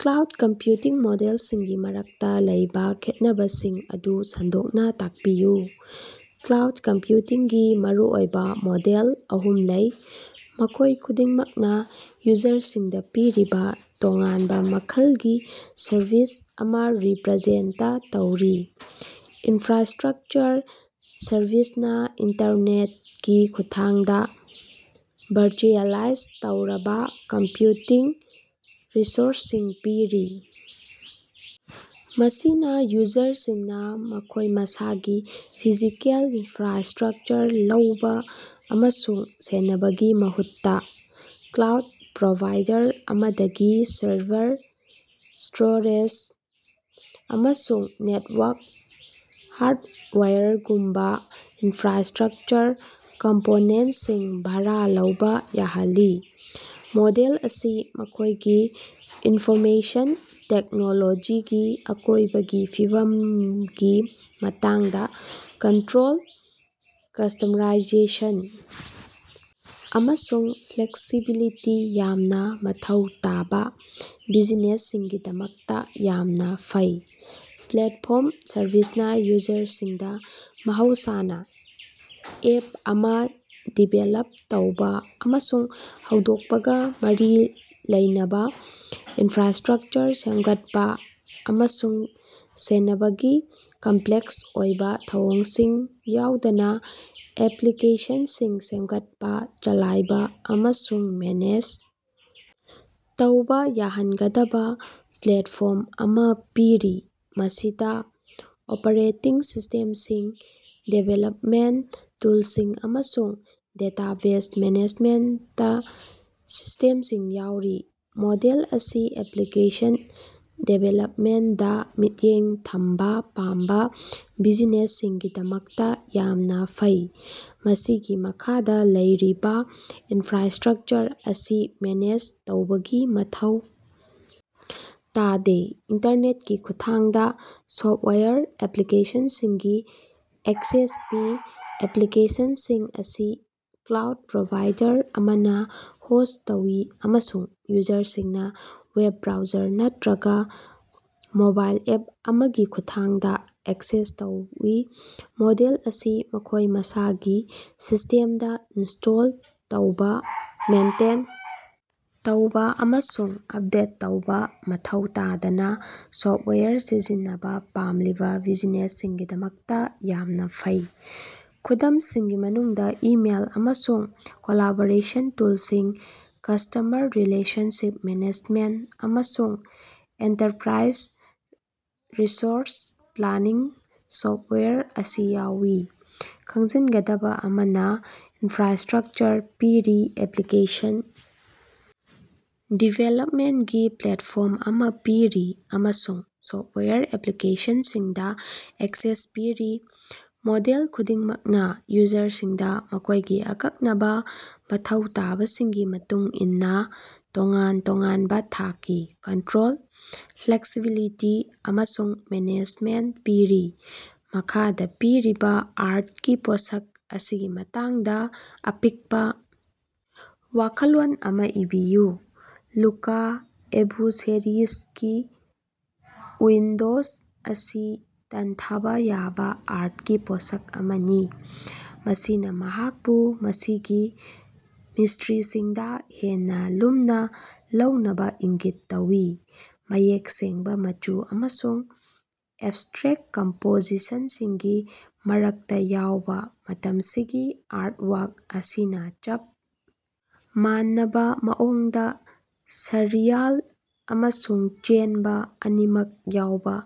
Cloud computing ꯃꯣꯗꯦꯜꯁꯤꯡꯒꯤ ꯃꯔꯛꯇꯥ ꯂꯩꯕꯥ ꯈꯦꯠꯅꯕꯁꯤꯡ ꯑꯗꯨ ꯁꯟꯗꯣꯛꯅꯥ ꯇꯥꯛꯄꯤꯌꯨ꯫ ꯀ꯭ꯂꯥꯎꯠ ꯀꯝꯄ꯭ꯌꯨꯇꯤꯡꯒꯤ ꯃꯔꯨꯑꯣꯏꯕꯥ ꯃꯣꯗꯦꯜ ꯑꯍꯨꯝꯂꯩ, ꯃꯈꯣꯏ ꯈꯨꯗꯤꯡꯃꯛꯅꯥ ꯌꯨꯖꯔꯁꯤꯡꯗꯥ ꯄꯤꯔꯤꯕꯥ ꯇꯣꯉꯥꯟꯕꯥ ꯃꯈꯜꯒꯤ ꯁꯔꯚꯤꯁ ꯑꯃꯥ ꯔꯤꯄ꯭ꯔꯖꯦꯟꯇ ꯇꯧꯔꯤ꯫ ꯏꯟꯐ꯭ꯔꯥꯁꯇ꯭ꯔꯛꯆꯔ ꯁꯔꯚꯤꯁꯅꯥ ꯏꯟꯇꯔꯅꯦꯠꯀꯤ ꯈꯨꯠꯊꯥꯡꯗꯥ ꯚꯔꯆꯨꯑꯦꯂꯥꯏꯖ ꯇꯧꯔꯕꯥ ꯀꯝꯄ꯭ꯌꯨꯇꯤꯡ ꯔꯤꯁꯣꯔꯁꯁꯤꯡ ꯄꯤꯔꯤ꯫ ꯃꯁꯤꯅꯥ ꯌꯨꯖꯔꯁꯤꯡꯅꯥ ꯃꯈꯣꯏ ꯃꯁꯥꯒꯤ ꯐꯤꯖꯤꯀꯦꯜ ꯏꯟꯐ꯭ꯔꯥꯁꯇ꯭ꯔꯛꯆꯔ ꯂꯧꯕꯥ ꯑꯃꯁꯨꯡ ꯁꯦꯟꯅꯕꯒꯤ ꯃꯍꯨꯠꯇꯥ, ꯀ꯭ꯂꯥꯎꯠ ꯄ꯭ꯔꯣꯚꯥꯏꯗꯔ ꯑꯃꯗꯒꯤ ꯁꯔꯚꯔ, ꯁ꯭ꯇꯣꯔꯦꯖ ꯑꯃꯁꯨꯡ ꯅꯦꯠꯋꯥꯛ ꯍꯥꯔꯠꯋꯥꯌꯔꯒꯨꯝꯕꯥ ꯏꯟꯐ꯭ꯔꯥꯁꯇ꯭ꯔꯛꯆꯔ ꯀꯝꯄꯣꯅꯦꯟꯁꯤꯡ ꯚꯥꯔꯥ ꯂꯧꯕꯥ ꯌꯥꯍꯜꯂꯤ꯫ ꯃꯣꯗꯦꯜ ꯑꯁꯤ ꯃꯈꯣꯏꯒꯤ ꯏꯟꯐꯣꯔꯃꯦꯁꯟ ꯇꯦꯛꯅꯣꯂꯣꯖꯤꯒꯤ ꯑꯀꯣꯏꯕꯒꯤ ꯐꯤꯕꯝꯒꯤ ꯃꯇꯥꯡꯗꯥ ꯀꯟꯇ꯭ꯔꯣꯜ, ꯀꯁꯇ꯭ꯃꯔꯥꯏꯖꯦꯁꯟ ꯑꯃꯁꯨꯡ ꯐ꯭ꯂꯦꯛꯁꯤꯕꯤꯂꯤꯇꯤ ꯌꯥꯝꯅꯥ ꯃꯊꯧ ꯇꯥꯕꯥ ꯕꯤꯖꯤꯅꯦꯁꯁꯤꯡꯒꯤꯗꯃꯛꯇꯥ ꯌꯥꯝꯅꯥ ꯐꯩ꯫ ꯄ꯭ꯂꯦꯠꯐꯣꯝ ꯁꯔꯚꯤꯁꯅꯥ ꯌꯨꯖꯔꯁꯤꯡꯗꯥ ꯃꯍꯧꯁꯥꯅꯥ ꯑꯦꯞ ꯑꯃꯥ ꯗꯤꯕꯦꯂꯞ ꯇꯧꯕꯥ ꯑꯃꯁꯨꯡ ꯍꯧꯗꯣꯛꯄꯒꯥ ꯃꯔꯤ ꯂꯩꯅꯕꯥ ꯏꯟꯐ꯭ꯔꯥꯁꯇ꯭ꯔꯛꯆꯔ ꯁꯦꯝꯒꯠꯄꯥ ꯑꯃꯁꯨꯡ ꯁꯦꯟꯅꯕꯒꯤ ꯀꯝꯄ꯭ꯂꯦꯛꯁ ꯑꯣꯏꯕꯥ ꯊꯧꯑꯣꯡꯁꯤꯡ ꯌꯥꯎꯗꯅꯥ ꯑꯦꯄ꯭ꯂꯤꯀꯦꯁꯟꯁꯤꯡ ꯁꯦꯝꯒꯠꯄꯥ ꯆꯂꯥꯏꯕꯥ ꯑꯃꯁꯨꯡ ꯃꯦꯅꯦꯖ ꯇꯧꯕꯥ ꯌꯥꯍꯟꯒꯗꯕꯥ ꯄ꯭ꯂꯦꯠꯐꯣꯔꯝ ꯑꯃꯥ ꯄꯤꯔꯤ꯫ ꯃꯁꯤꯗꯥ ꯑꯣꯄꯔꯦꯇꯤꯡ ꯁꯤꯁꯇꯦꯝꯁꯤꯡ, ꯗꯤꯕꯦꯂꯞꯃꯦꯟ ꯇꯨꯜꯁꯤꯡ ꯑꯃꯁꯨꯡ ꯗꯦꯇꯥꯕꯦꯖ ꯃꯦꯅꯦꯖꯃꯦꯟꯇ ꯁꯤꯁꯇꯦꯝꯁꯤꯡ ꯌꯥꯎꯔꯤ꯫ ꯃꯣꯗꯦꯜ ꯑꯁꯤ ꯑꯦꯄ꯭ꯂꯤꯀꯦꯁꯟ ꯗꯤꯕꯦꯂꯞꯃꯦꯟꯗꯥ ꯃꯤꯠꯌꯦꯡ ꯊꯝꯕꯥ ꯄꯥꯝꯕꯥ ꯕꯤꯖꯤꯅꯦꯁꯁꯤꯡꯒꯤꯗꯃꯛꯇꯥ ꯌꯥꯝꯅꯥ ꯐꯩ, ꯃꯁꯤꯒꯤ ꯃꯈꯥꯗꯥ ꯂꯩꯔꯤꯕꯥ ꯏꯟꯐ꯭ꯔꯥꯁꯇ꯭ꯔꯛꯆꯔ ꯑꯁꯤ ꯃꯦꯅꯦꯖ ꯇꯧꯕꯒꯤ ꯃꯊꯧ ꯇꯥꯗꯦ꯫ ꯏꯟꯇꯔꯅꯦꯠꯀꯤ ꯈꯨꯠꯊꯥꯡꯗꯥ ꯁꯣꯞꯋꯥꯌꯔ ꯑꯦꯄ꯭ꯂꯤꯀꯦꯁꯟꯁꯤꯡꯒꯤ ꯑꯦꯛꯁꯦꯁ ꯄꯤ꯫ ꯑꯦꯄ꯭ꯂꯤꯀꯦꯁꯟꯁꯤꯡ ꯑꯁꯤ ꯀ꯭ꯂꯥꯎꯠ ꯄ꯭ꯔꯣꯚꯥꯏꯗꯔ ꯑꯃꯅꯥ ꯍꯣꯁ ꯇꯧꯏ ꯑꯃꯁꯨꯡ ꯌꯨꯖꯔꯁꯤꯡꯅꯥ ꯋꯦꯕ ꯕ꯭ꯔꯥꯎꯖꯔ ꯅꯠꯇ꯭ꯔꯒꯥ ꯃꯣꯕꯥꯏꯜ ꯑꯦꯞ ꯑꯃꯒꯤ ꯈꯨꯠꯊꯥꯡꯗꯥ ꯑꯦꯛꯁꯦꯁ ꯇꯧꯏ꯫ ꯃꯣꯗꯦꯜ ꯑꯁꯤ ꯃꯈꯣꯏ ꯃꯁꯥꯒꯤ ꯁꯤꯁꯇꯦꯝꯗꯥ ꯏꯟꯁ꯭ꯇꯣꯜ ꯇꯧꯕꯥ, ꯃꯦꯟꯇꯦꯟ ꯇꯧꯕꯥ ꯑꯃꯁꯨꯡ ꯑꯞꯗꯦꯠ ꯇꯧꯕꯥ ꯃꯊꯧ ꯇꯥꯗꯅꯥ ꯁꯣꯞꯋꯥꯌꯔ ꯁꯤꯖꯤꯟꯅꯕꯥ ꯄꯥꯝꯂꯤꯕꯥ ꯕꯤꯖꯤꯅꯦꯁꯁꯤꯡꯒꯤꯗꯃꯛꯇꯥ ꯌꯥꯝꯅꯥ ꯐꯩ꯫ ꯈꯨꯗꯝꯁꯤꯡꯒꯤ ꯃꯅꯨꯡꯗꯥ ꯏꯃꯦꯜ ꯑꯃꯁꯨꯡ ꯀꯣꯂꯥꯕꯣꯔꯦꯁꯟ ꯇꯨꯜꯁꯤꯡ, ꯀꯁ꯭ꯇꯃꯔ ꯔꯤꯂꯦꯁꯟꯁꯤꯞ ꯃꯦꯅꯦꯖꯃꯦꯟ ꯑꯃꯁꯨꯡ ꯑꯦꯟꯇꯔꯄ꯭ꯔꯥꯏꯖ ꯔꯤꯁꯣꯔꯁ ꯄ꯭ꯂꯥꯅꯤꯡ ꯁꯣꯞꯋꯥꯌꯔ ꯑꯁꯤ ꯌꯥꯎꯏ꯫ ꯈꯪꯖꯤꯟꯒꯗꯕꯥ ꯑꯃꯅꯥ ꯏꯟꯐ꯭ꯔꯥꯁꯇ꯭ꯔꯛꯆꯔ ꯄꯤꯔꯤ, ꯑꯦꯄ꯭ꯂꯤꯀꯦꯁꯟ ꯗꯤꯚꯦꯂꯞꯃꯦꯟꯒꯤ ꯄ꯭ꯂꯦꯠꯐꯣꯔꯝ ꯑꯃꯥ ꯄꯤꯔꯤ ꯑꯃꯁꯨꯡ ꯁꯣꯞꯋꯥꯌꯔ ꯑꯦꯄ꯭ꯂꯤꯀꯦꯁꯟꯁꯤꯡꯗꯥ ꯑꯦꯛꯁꯦꯁ ꯄꯤꯔꯤ꯫ ꯃꯣꯗꯦꯜ ꯈꯨꯗꯤꯡꯃꯛꯅꯥ ꯌꯨꯖꯔꯁꯤꯡꯗꯥ ꯃꯈꯣꯏꯒꯤ ꯑꯀꯛꯅꯕꯥ ꯃꯊꯧ ꯇꯥꯕꯁꯤꯡꯒꯤ ꯃꯇꯨꯡ ꯏꯟꯅꯥ ꯇꯣꯉꯥꯟ ꯇꯣꯉꯥꯟꯕꯥ ꯊꯥꯛꯀꯤ ꯀꯟꯇ꯭ꯔꯣꯜ, ꯐ꯭ꯂꯦꯛꯁꯤꯕꯤꯂꯤꯇꯤ ꯑꯃꯁꯨꯡ ꯃꯦꯅꯦꯖꯃꯦꯟ ꯄꯤꯔꯤ꯫ ꯃꯈꯥꯗꯥ ꯄꯤꯔꯤꯕꯥ ꯑꯥꯔꯠꯀꯤ ꯄꯣꯠꯁꯛ ꯑꯁꯤꯒꯤ ꯃꯇꯥꯡꯗꯥ ꯑꯄꯤꯛꯄꯥ ꯋꯥꯈꯜꯂꯣꯟ ꯑꯃꯥ ꯏꯕꯤꯌꯨ꯫ ꯂꯨꯀꯥ ꯑꯕꯨꯁꯦꯔꯤꯖꯒꯤ "ꯎꯏꯟꯗꯣꯖ" ꯑꯁꯤ ꯇꯟꯊꯕꯥ ꯌꯥꯕꯥ ꯑꯥꯔꯠꯀꯤ ꯄꯣꯠꯁꯛ ꯑꯃꯅꯤ, ꯃꯁꯤꯅꯥ ꯃꯍꯥꯛꯄꯨ ꯃꯁꯤꯒꯤ ꯃꯤꯁꯇ꯭ꯔꯤꯁꯤꯡꯗꯥ ꯍꯦꯟꯅꯥ ꯂꯨꯝꯅꯥ ꯂꯧꯅꯕꯥ ꯏꯪꯒꯤꯠ ꯇꯧꯏ꯫ ꯃꯌꯦꯛ ꯁꯦꯡꯕꯥ ꯃꯆꯨ ꯑꯃꯁꯨꯡ ꯑꯦꯞꯁꯇ꯭ꯔꯦꯛ ꯀꯝꯄꯣꯖꯤꯁꯟꯁꯤꯡꯒꯤ ꯃꯔꯛꯇꯥ ꯌꯥꯎꯕꯥ ꯃꯇꯝꯁꯤꯒꯤ ꯑꯥꯔꯠꯋꯥꯛ ꯑꯁꯤꯅꯥ ꯆꯞ ꯃꯥꯟꯅꯕꯥ ꯃꯑꯣꯡꯗꯥ ꯁꯔꯔꯤꯌꯥꯜ ꯑꯃꯁꯨꯡ ꯆꯦꯟꯕꯥ ꯑꯅꯤꯃꯛ ꯌꯥꯎꯕꯥ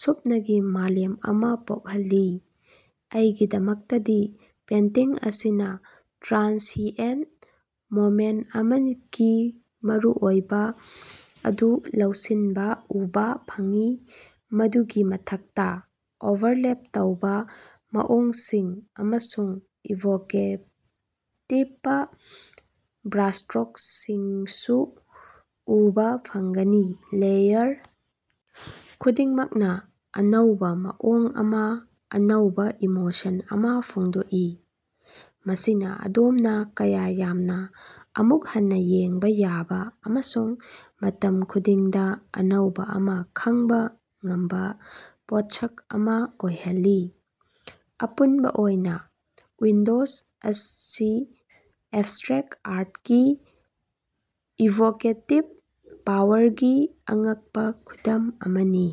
ꯁꯨꯞꯅꯒꯤ ꯃꯥꯂꯦꯝ ꯑꯃꯥ ꯄꯣꯛꯍꯜꯂꯤ꯫ ꯑꯩꯒꯤꯗꯃꯛꯇꯗꯤ ꯄꯦꯟꯇꯤꯡ ꯑꯁꯤꯅꯥ ꯇ꯭ꯔꯥꯟꯁꯤꯑꯦꯟ ꯃꯣꯃꯦꯟ ꯑꯃꯒꯤ ꯃꯔꯨꯑꯣꯏꯕꯥ ꯑꯗꯨ ꯂꯧꯁꯤꯟꯕꯥ ꯎꯕꯥ ꯐꯪꯏ, ꯃꯗꯨꯒꯤ ꯃꯊꯛꯇꯥ ꯑꯣꯚꯔꯂꯦꯞ ꯇꯧꯕꯥ ꯃꯑꯣꯡꯁꯤꯡ ꯑꯃꯁꯨꯡ ꯏꯚꯣꯀꯦꯇꯤꯄ ꯕ꯭ꯔꯥꯁꯇ꯭ꯔꯣꯛꯁꯤꯡꯁꯨ ꯎꯕꯥ ꯐꯪꯒꯅꯤ꯫ ꯂꯦꯌꯔ ꯈꯨꯗꯤꯡꯃꯛꯅꯥ ꯑꯅꯧꯕꯥ ꯃꯑꯣꯡ ꯑꯃꯥ, ꯑꯅꯧꯕꯥ ꯏꯃꯣꯁꯟ ꯑꯃꯥ ꯐꯣꯡꯗꯣꯛꯏ, ꯃꯁꯤꯅꯥ ꯑꯗꯣꯝꯅꯥ ꯀꯌꯥ ꯌꯥꯝꯅꯥ ꯑꯃꯨꯛ ꯍꯟꯅꯥ ꯌꯦꯡꯕꯥ ꯌꯥꯕꯥ ꯑꯃꯁꯨꯡ ꯃꯇꯝ ꯈꯨꯗꯤꯡꯗꯥ ꯑꯅꯧꯕꯥ ꯑꯃꯥ ꯈꯪꯕꯥ ꯉꯝꯕꯥ ꯄꯣꯠꯁꯛ ꯑꯃꯥ ꯑꯣꯏꯍꯜꯂꯤ꯫ ꯑꯄꯨꯟꯕꯥ ꯑꯣꯏꯅꯥ "ꯎꯏꯟꯗꯣꯖ" ꯑꯁꯤ ꯑꯦꯞꯁꯇ꯭ꯔꯦꯛ ꯑꯥꯔꯠꯀꯤ ꯏꯚꯣꯀꯦꯇꯤꯞ ꯄꯥꯋꯔꯒꯤ ꯑꯉꯛꯄꯥ ꯈꯨꯗꯝ ꯑꯃꯅꯤ꯫